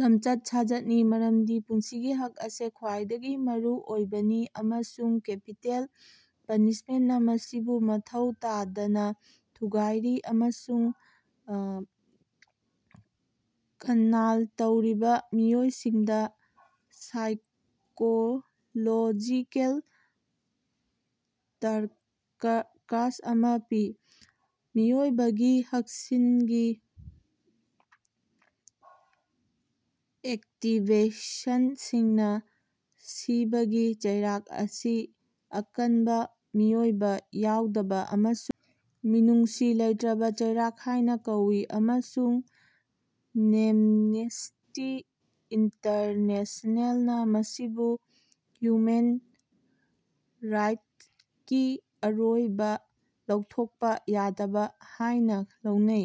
ꯂꯝꯆꯠ ꯁꯥꯖꯠꯅꯤ ꯃꯔꯝꯗꯤ ꯄꯨꯟꯁꯤꯒꯤ ꯍꯛ ꯑꯁꯤ ꯈ꯭ꯋꯥꯏꯗꯒꯤ ꯃꯔꯨꯑꯣꯏꯕꯅꯤ ꯑꯃꯁꯨꯡ ꯀꯦꯄꯤꯇꯦꯜ ꯄꯅꯤꯁꯃꯦꯟꯠꯅꯥ ꯃꯁꯤꯕꯨ ꯃꯊꯧ ꯇꯥꯗꯅꯥ ꯊꯨꯒꯥꯏꯔꯤ ꯑꯃꯁꯨꯡ ꯀꯟꯅꯥꯜ ꯇꯧꯔꯕꯥ ꯃꯤꯑꯣꯏꯁꯤꯡꯗꯥ ꯁꯥꯏꯀꯣꯂꯣꯖꯤꯀꯦꯜ ꯇꯔꯆꯔ ꯑꯃꯥ ꯄꯤ꯫ ꯃꯤꯑꯣꯏꯕꯒꯤ ꯍꯛꯁꯤꯡꯒꯤ ꯑꯦꯛꯇꯤꯕꯤꯁ꯭ꯠꯁꯤꯡꯅꯥ ꯁꯤꯕꯒꯤ ꯆꯩꯔꯥꯛ ꯑꯁꯤ ꯑꯀꯟꯕ ꯃꯤꯑꯣꯏꯕꯥ ꯌꯥꯎꯗꯕ ꯑꯃꯁꯨꯡ ꯃꯤꯅꯨꯡꯁꯤ ꯂꯩꯇ꯭ꯔꯕꯥ ꯆꯩꯔꯥꯛ ꯍꯥꯏꯅ ꯀꯧꯏ ꯑꯃꯁꯨꯡ ꯑꯦꯝꯅꯦꯁ꯭ꯇꯤ ꯏꯟꯇꯔꯅꯦꯁꯅꯦꯜꯅꯥ ꯃꯁꯤꯕꯨ ꯍ꯭ꯌꯨꯃꯦꯟ ꯔꯥꯏꯠꯁꯀꯤ ꯑꯔꯣꯏꯕꯥ ꯂꯧꯊꯣꯛꯄ ꯌꯥꯗꯕꯥ ꯍꯥꯏꯅꯥ ꯂꯧꯏ꯫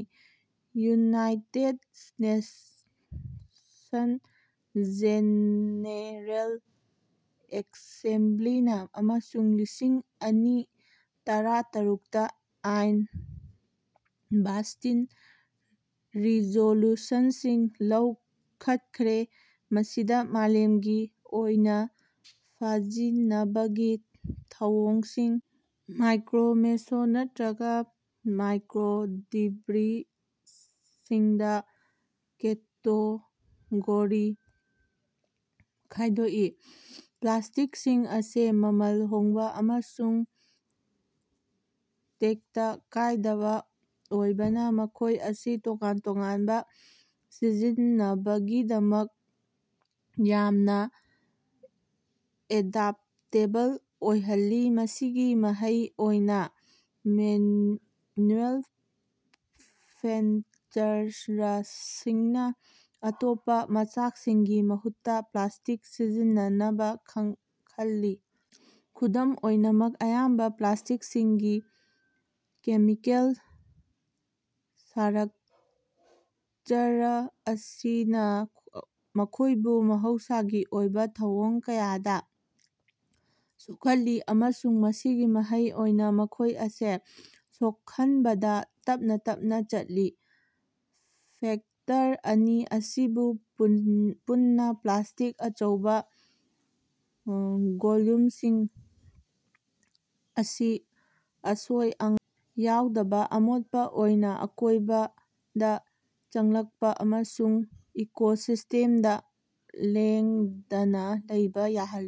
ꯌꯨꯅꯥꯏꯇꯦꯗ ꯅꯦꯁꯟꯁ ꯖꯦꯅꯦꯔꯦꯜ ꯑꯦꯁꯦꯝꯕ꯭ꯂꯤꯅꯥ ꯑꯃꯁꯨꯡ ꯂꯤꯁꯤꯡ ꯑꯅꯤ ꯇꯔꯥꯇꯔꯨꯛꯇ ꯅꯟ ꯕꯥꯏꯟꯗꯤꯡ ꯔꯤꯖꯣꯂꯨꯁꯟꯁꯤꯡ ꯂꯧꯈꯠꯈ꯭ꯔꯦ ꯃꯁꯤꯗꯥ ꯃꯥꯂꯦꯝꯒꯤ ꯑꯣꯏꯅꯥ ꯐꯥꯖꯤꯅꯕꯒꯤ ꯊꯧꯑꯣꯡꯁꯤꯡ ꯃꯥꯏꯀ꯭ꯔꯣ ꯃꯦꯁꯣ ꯅꯠꯇ꯭ꯔꯒꯥ ꯃꯦꯀ꯭ꯔꯣ ꯗꯦꯕ꯭ꯔꯤꯁꯁꯤꯡꯗꯥ ꯀꯦꯇꯦꯒꯣꯔꯤ ꯈꯥꯌꯗꯣꯛꯏ꯫ ꯄ꯭ꯂꯥꯁ꯭ꯇꯤꯛꯁꯤꯡ ꯑꯁꯤ ꯃꯃꯜ ꯍꯣꯡꯕꯥ ꯑꯃꯁꯨꯡ ꯇꯦꯛꯇ ꯀꯥꯏꯗꯕꯥ ꯑꯣꯏꯕꯅꯥ ꯃꯈꯣꯏ ꯑꯁꯤ ꯇꯣꯉꯥꯟ ꯇꯣꯉꯥꯟꯕꯥ ꯁꯤꯖꯤꯟꯅꯅꯕꯒꯤꯗꯃꯛ ꯌꯥꯝꯅꯥ ꯑꯦꯗꯞꯇꯦꯕꯜ ꯑꯣꯏꯍꯜꯂꯤ ꯃꯁꯤꯒꯤ ꯃꯍꯩ ꯑꯣꯏꯅꯥ ꯃꯦꯅ꯭ꯌꯨꯐꯦꯛꯆꯔꯔꯁꯤꯡꯅꯥ ꯑꯇꯣꯞꯄꯥ ꯃꯆꯥꯛꯁꯤꯡꯒꯤ ꯃꯍꯨꯠꯇꯥ ꯄ꯭ꯂꯥꯁ꯭ꯇꯤꯛ ꯁꯤꯖꯤꯟꯅꯅꯕꯥ ꯈꯜꯂꯤ꯫ ꯀꯨꯗꯝ ꯑꯣꯏꯅꯃꯛ ꯑꯌꯥꯝꯕꯥ ꯄ꯭ꯂꯥꯁ꯭ꯇꯤꯛꯁꯤꯡꯒꯤ ꯀꯦꯃꯤꯀꯦꯜ ꯁ꯭ꯇ꯭ꯔꯛꯆꯔ ꯑꯁꯤꯅꯥ ꯃꯈꯣꯏꯕꯨ ꯃꯍꯧꯁꯥꯒꯤ ꯑꯣꯏꯕꯥ ꯊꯧꯑꯣꯡ ꯀꯌꯥꯗꯥ ꯁꯣꯛꯍꯜꯂꯤ ꯑꯃꯁꯨꯡ ꯃꯁꯤꯒꯤ ꯃꯍꯩ ꯑꯣꯏꯅꯥ ꯃꯈꯣꯏ ꯑꯁꯤ ꯁꯣꯛꯍꯟꯕꯗꯥ ꯇꯞꯅꯥ ꯇꯞꯅꯥ ꯆꯠꯂꯤ꯫ ꯐꯦꯛꯇꯔ ꯑꯅꯤ ꯑꯁꯤꯅꯥ ꯄꯨꯟꯅꯥ ꯄ꯭ꯂꯥꯁ꯭ꯇꯤꯛ ꯑꯆꯧꯕꯥ ꯚꯣꯜꯌꯨꯝꯁꯤꯡ ꯑꯁꯤ ꯑꯁꯣꯏ ꯑꯉꯥꯝ ꯌꯥꯎꯗꯕꯥ ꯑꯃꯣꯠꯄꯥ ꯑꯣꯏꯅꯥ ꯑꯀꯣꯏꯕꯗꯥ ꯆꯪꯂꯛꯄꯥ ꯑꯃꯁꯨꯡ ꯏꯀꯣꯁꯤꯁ꯭ꯇꯦꯝꯗꯥ ꯂꯦꯡꯗꯅꯥ ꯂꯩꯕꯥ ꯌꯥꯍꯜꯂꯤ꯫